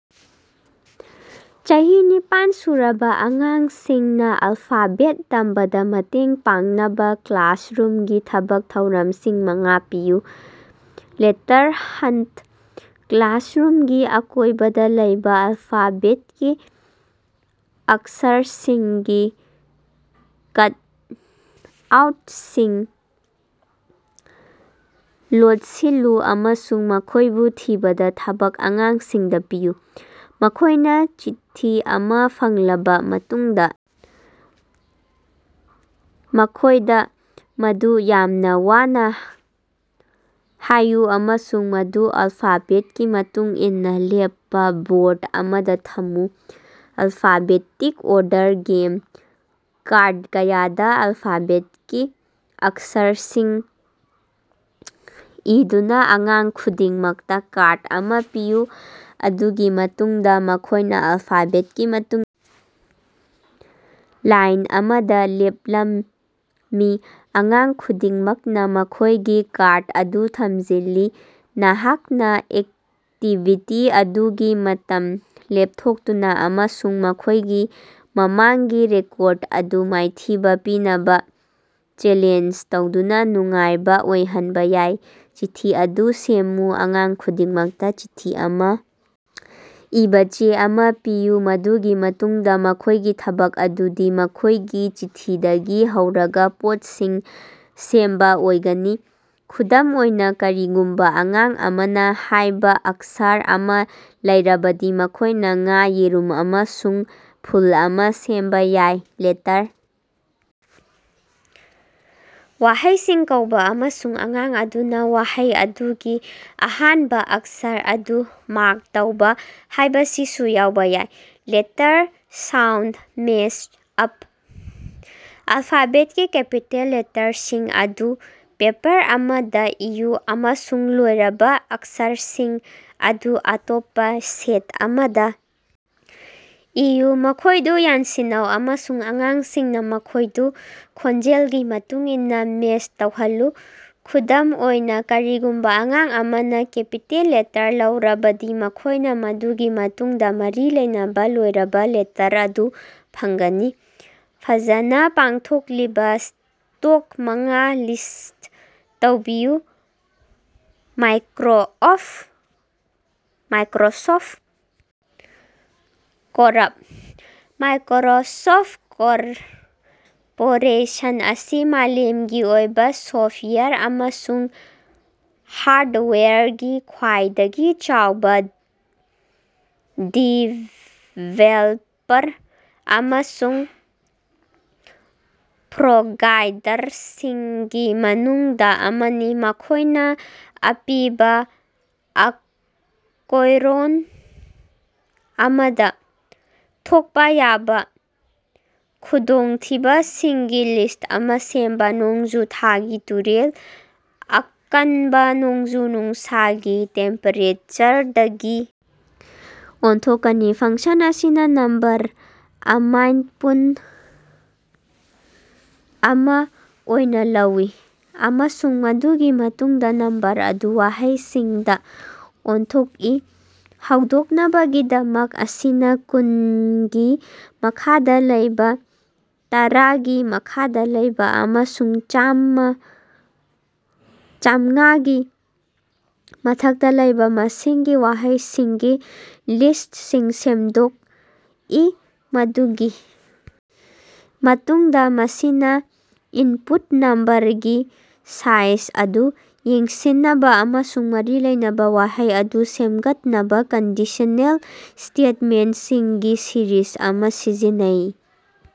ꯆꯍꯤ ꯅꯤꯄꯥꯟ ꯁꯨꯔꯕꯥ ꯑꯉꯥꯡꯁꯤꯡꯅ ꯑꯜꯐꯥꯕꯦꯠ ꯇꯝꯕꯗ ꯃꯇꯦꯡ ꯄꯥꯡꯅꯕ ꯀ꯭ꯂꯥꯁꯔꯨꯝꯒꯤ ꯊꯕꯛ ꯊꯧꯔꯝꯁꯤꯡ ꯃꯉꯥ ꯄꯤꯌꯨ꯫ ꯂꯦꯇꯔ ꯍꯟꯇ: ꯀ꯭ꯂꯥꯁꯔꯨꯝꯒꯤ ꯑꯀꯣꯏꯕꯗ ꯂꯩꯕ ꯑꯜꯐꯥꯕꯦꯠꯀꯤ ꯑꯛꯁꯔꯁꯤꯡꯒꯤ ꯀꯠꯑꯥꯎꯠꯁꯤꯡ ꯂꯣꯠꯁꯤꯜꯂꯨ ꯑꯃꯁꯨꯡ ꯃꯈꯣꯏꯕꯨ ꯊꯤꯕꯒꯤ ꯊꯕꯛ ꯑꯉꯥꯡꯁꯤꯡꯗ ꯄꯤꯌꯨ꯫ ꯃꯈꯣꯏꯅꯥ ꯆꯤꯊꯤ ꯑꯃꯥ ꯐꯪꯂꯕ ꯃꯇꯨꯡꯗ, ꯃꯈꯣꯏꯗ ꯃꯗꯨ ꯌꯥꯝꯅ ꯋꯥꯅ ꯍꯥꯏꯌꯨ ꯑꯃꯁꯨꯡ ꯃꯗꯨ ꯑꯜꯐꯥꯕꯦꯠꯀꯤ ꯃꯇꯨꯡ ꯏꯟꯅꯥ ꯂꯦꯞꯄꯥ ꯕꯣꯔꯗ ꯑꯃꯗ ꯊꯝꯃꯨ꯫ ꯑꯜꯐꯥꯕꯦꯇꯤꯛ ꯑꯣꯔꯗꯔ ꯒꯦꯝ: ꯀꯥꯔꯗ ꯀꯌꯥꯗ ꯑꯜꯐꯥꯕꯦꯠꯀꯤ ꯑꯛꯁꯔꯁꯤꯡ ꯏꯗꯨꯅ ꯑꯉꯥꯡ ꯈꯨꯗꯤꯡꯃꯛꯇ ꯀꯥꯔꯗ ꯑꯃꯥ ꯄꯤꯌꯨ꯫ ꯃꯗꯨꯒꯤ ꯃꯇꯨꯡꯗꯥ ꯃꯈꯣꯏꯅꯥ ꯑꯜꯐꯥꯕꯦꯠꯀꯤ ꯃꯇꯨꯡ ꯏꯟꯅꯥ ꯂꯥꯏꯟ ꯑꯃꯗ ꯂꯦꯞꯂꯝꯃꯤ, ꯑꯉꯥꯡ ꯈꯨꯗꯤꯡꯃꯛꯅ ꯃꯈꯣꯏꯒꯤ ꯀꯥꯔꯗ ꯑꯗꯨ ꯊꯝꯖꯤꯜꯂꯤ꯫ ꯅꯍꯥꯛꯅꯥ ꯑꯦꯛꯇꯤꯕꯤꯇꯤ ꯑꯗꯨꯒꯤ ꯃꯇꯝ ꯂꯦꯞꯊꯣꯛꯇꯨꯅ ꯑꯃꯁꯨꯡ ꯃꯈꯣꯏꯒꯤ ꯃꯃꯥꯡꯒꯤ ꯔꯦꯀꯣꯔꯗ ꯑꯗꯨ ꯃꯥꯏꯊꯤꯕ ꯄꯤꯅꯕꯥ ꯆꯦꯂꯦꯟꯖ ꯇꯧꯗꯨꯅ ꯅꯨꯡꯉꯥꯏꯕ ꯑꯣꯏꯍꯟꯕ ꯌꯥꯏ꯫ ꯆꯤꯊꯤ ꯑꯗꯨ ꯁꯦꯝꯃꯨ: ꯑꯉꯥꯡ ꯈꯨꯗꯤꯡꯃꯛꯇ ꯆꯤꯊꯤ ꯑꯃꯥ ꯏꯕꯥ ꯆꯦ ꯑꯃꯥ ꯄꯤꯌꯨ꯫ ꯃꯗꯨꯒꯤ ꯃꯇꯨꯡꯗ ꯃꯈꯣꯏꯒꯤ ꯊꯕꯛ ꯑꯗꯨꯗꯤ ꯃꯈꯣꯏꯒꯤ ꯆꯤꯊꯤꯗꯒꯤ ꯍꯧꯔꯒ ꯄꯣꯠꯁꯤꯡ ꯁꯦꯝꯕ ꯑꯣꯏꯒꯅꯤ꯫ ꯈꯨꯗꯝ ꯑꯣꯏꯅ, ꯀꯔꯤꯒꯨꯝꯕ ꯑꯉꯥꯡ ꯑꯃꯅ ꯍꯥꯏꯕ ꯑꯛꯁꯔ ꯑꯃꯥ ꯂꯩꯔꯕꯗꯤ ꯃꯈꯣꯏꯅ ꯉꯥ, ꯌꯦꯔꯨꯝ ꯑꯃꯁꯨꯡ ꯐꯨꯜ ꯑꯃꯥ ꯁꯦꯝꯕꯥ ꯌꯥꯏ꯫ ꯂꯦꯇꯔ ꯋꯥꯍꯩꯁꯤꯡ ꯀꯧꯕ, ꯑꯃꯁꯨꯡ ꯑꯉꯥꯡ ꯑꯗꯨꯅ ꯋꯥꯍꯩ ꯑꯗꯨꯒꯤ ꯑꯍꯥꯟꯕ ꯑꯛꯁꯔ ꯑꯗꯨ ꯃꯥꯔꯛ ꯇꯧꯕ ꯍꯥꯏꯕꯁꯤꯁꯨ ꯌꯥꯎꯕ ꯌꯥꯏ꯫ ꯂꯦꯇꯔ ꯁꯥꯎꯟꯗ ꯃꯦꯆ ꯑꯞ: ꯑꯜꯐꯥꯕꯦꯠꯀꯤ ꯀꯦꯄꯤꯇꯦꯜ ꯂꯦꯇꯔꯁꯤꯡ ꯑꯗꯨ ꯄꯦꯄꯔ ꯑꯃꯗꯥ ꯏꯌꯨ, ꯑꯃꯁꯨꯡ ꯂꯣꯏꯔꯕ ꯑꯛꯁꯔꯁꯤꯡ ꯑꯗꯨ ꯑꯇꯣꯞꯄ ꯁꯦꯠ ꯑꯃꯗꯥ ꯏꯌꯨ꯫ ꯃꯈꯣꯏꯗꯨ ꯌꯥꯟꯁꯤꯟꯅꯧ ꯑꯃꯁꯨꯡ ꯑꯉꯥꯡꯁꯤꯡꯅ ꯃꯈꯣꯏꯗꯨ ꯈꯣꯟꯖꯦꯜꯒꯤ ꯃꯇꯨꯡꯏꯟꯅ ꯃꯦꯆ ꯇꯧꯍꯜꯂꯨ꯫ ꯈꯨꯗꯝ ꯑꯣꯏꯅ, ꯀꯔꯤꯒꯨꯝꯕ ꯑꯉꯥꯡ ꯑꯃꯅ ꯀꯦꯄꯤꯇꯦꯜ ꯂꯦꯇꯔ ꯂꯧꯔꯕꯗꯤ, ꯃꯈꯣꯏꯅꯥ ꯃꯗꯨꯒꯤ ꯃꯇꯨꯡꯗ ꯃꯔꯤ ꯂꯩꯅꯕ ꯂꯣꯏꯔꯕ ꯂꯦꯇꯔ ꯑꯗꯨ ꯐꯪꯒꯅꯤ꯫ ꯐꯖꯅꯥ ꯄꯥꯡꯊꯣꯛꯂꯤꯕ ꯁ꯭ꯇꯣꯛ ꯃꯉꯥ ꯂꯤꯁ꯭ꯠ ꯇꯧꯕꯤꯌꯨ꯫ꯃꯥꯏꯀꯔꯣꯁꯣꯐ ꯀꯣꯔꯞ: ꯃꯥꯏꯀꯔꯣꯁꯣꯐ ꯀꯣꯔꯄꯣꯔꯦꯁꯟ ꯑꯁꯤ ꯃꯥꯂꯦꯝꯒꯤ ꯑꯣꯏꯅ ꯁꯣꯐꯋꯥꯌꯔ ꯑꯃꯁꯨꯡ ꯍꯥꯔꯗꯋꯥꯌꯔꯒꯤ ꯈ꯭ꯋꯥꯏꯗꯒꯤ ꯆꯥꯎꯕ ꯗꯤꯚꯦꯜꯄꯔ ꯑꯃꯁꯨꯡ ꯄ꯭ꯔꯣꯚꯥꯏꯗꯔꯁꯤꯡꯒꯤ ꯃꯅꯨꯡꯗ ꯑꯃꯅꯤ꯫ ꯃꯈꯣꯏꯅꯥ ꯑꯄꯤꯕꯥ ꯑꯀꯣꯏꯔꯣꯟ ꯑꯃꯗ ꯊꯣꯛꯄꯥ ꯌꯥꯕ ꯈꯨꯗꯣꯡꯊꯤꯕꯁꯤꯡꯒꯤ ꯂꯤꯁ꯭ꯠ ꯑꯃꯥ ꯁꯦꯝꯕꯥ꯫ ꯅꯣꯡꯖꯨ ꯊꯥꯒꯤ ꯇꯨꯔꯦꯜ꯫ ꯑꯀꯟꯕꯥ ꯅꯣꯡꯖꯨ ꯅꯨꯡꯁꯥꯒꯤ ꯇꯦꯝꯄꯦꯔꯦꯆꯔꯗꯒꯤ ꯑꯣꯟꯊꯣꯛꯀꯅꯤ꯫ ꯐꯪꯁꯟ ꯑꯁꯤꯅ ꯅꯝꯕꯔ ꯑꯃꯥ ꯏꯟꯄꯨꯠ ꯑꯃꯥ ꯑꯣꯏꯅ ꯂꯧꯏ, ꯑꯃꯁꯨꯡ ꯃꯗꯨꯒꯤ ꯃꯇꯨꯡꯗ ꯅꯝꯕꯔ ꯑꯗꯨ ꯋꯥꯍꯩꯁꯤꯡꯗ ꯑꯣꯟꯊꯣꯛꯏ꯫ ꯍꯧꯗꯣꯛꯅꯕꯒꯤꯗꯃꯛ, ꯃꯁꯤꯅꯥ ꯀꯨꯟꯒꯤ ꯃꯈꯥꯗ ꯂꯩꯕꯥ, ꯇꯔꯥꯒꯤ ꯃꯈꯥꯗ ꯂꯩꯕꯥ, ꯑꯃꯁꯨꯡ ꯆꯥꯝꯉꯥꯒꯤ ꯃꯊꯛꯇ ꯂꯩꯕꯥ ꯃꯁꯤꯡꯒꯤ ꯋꯥꯍꯩꯁꯤꯡꯒꯤ ꯂꯤꯁ꯭ꯠꯁꯤꯡ ꯁꯦꯝꯗꯣꯛꯏ, ꯃꯗꯨꯒꯤ ꯃꯇꯨꯡꯗ ꯃꯁꯤꯅꯥ ꯏꯟꯄꯨꯠ ꯅꯝꯕꯔꯒꯤ ꯁꯥꯏꯖ ꯑꯗꯨ ꯌꯦꯡꯁꯤꯟꯅꯕꯥ ꯑꯃꯁꯨꯡ ꯃꯔꯤ ꯂꯩꯅꯕ ꯋꯥꯍꯩ ꯑꯗꯨ ꯁꯦꯝꯒꯠꯅꯕꯥ ꯀꯟꯗꯤꯁꯅꯦꯜ ꯁ꯭ꯇꯦꯠꯃꯦꯟꯠꯁꯤꯡꯒꯤ ꯁꯤꯔꯤꯖ ꯑꯃꯥ ꯁꯤꯖꯤꯟꯅꯩ꯫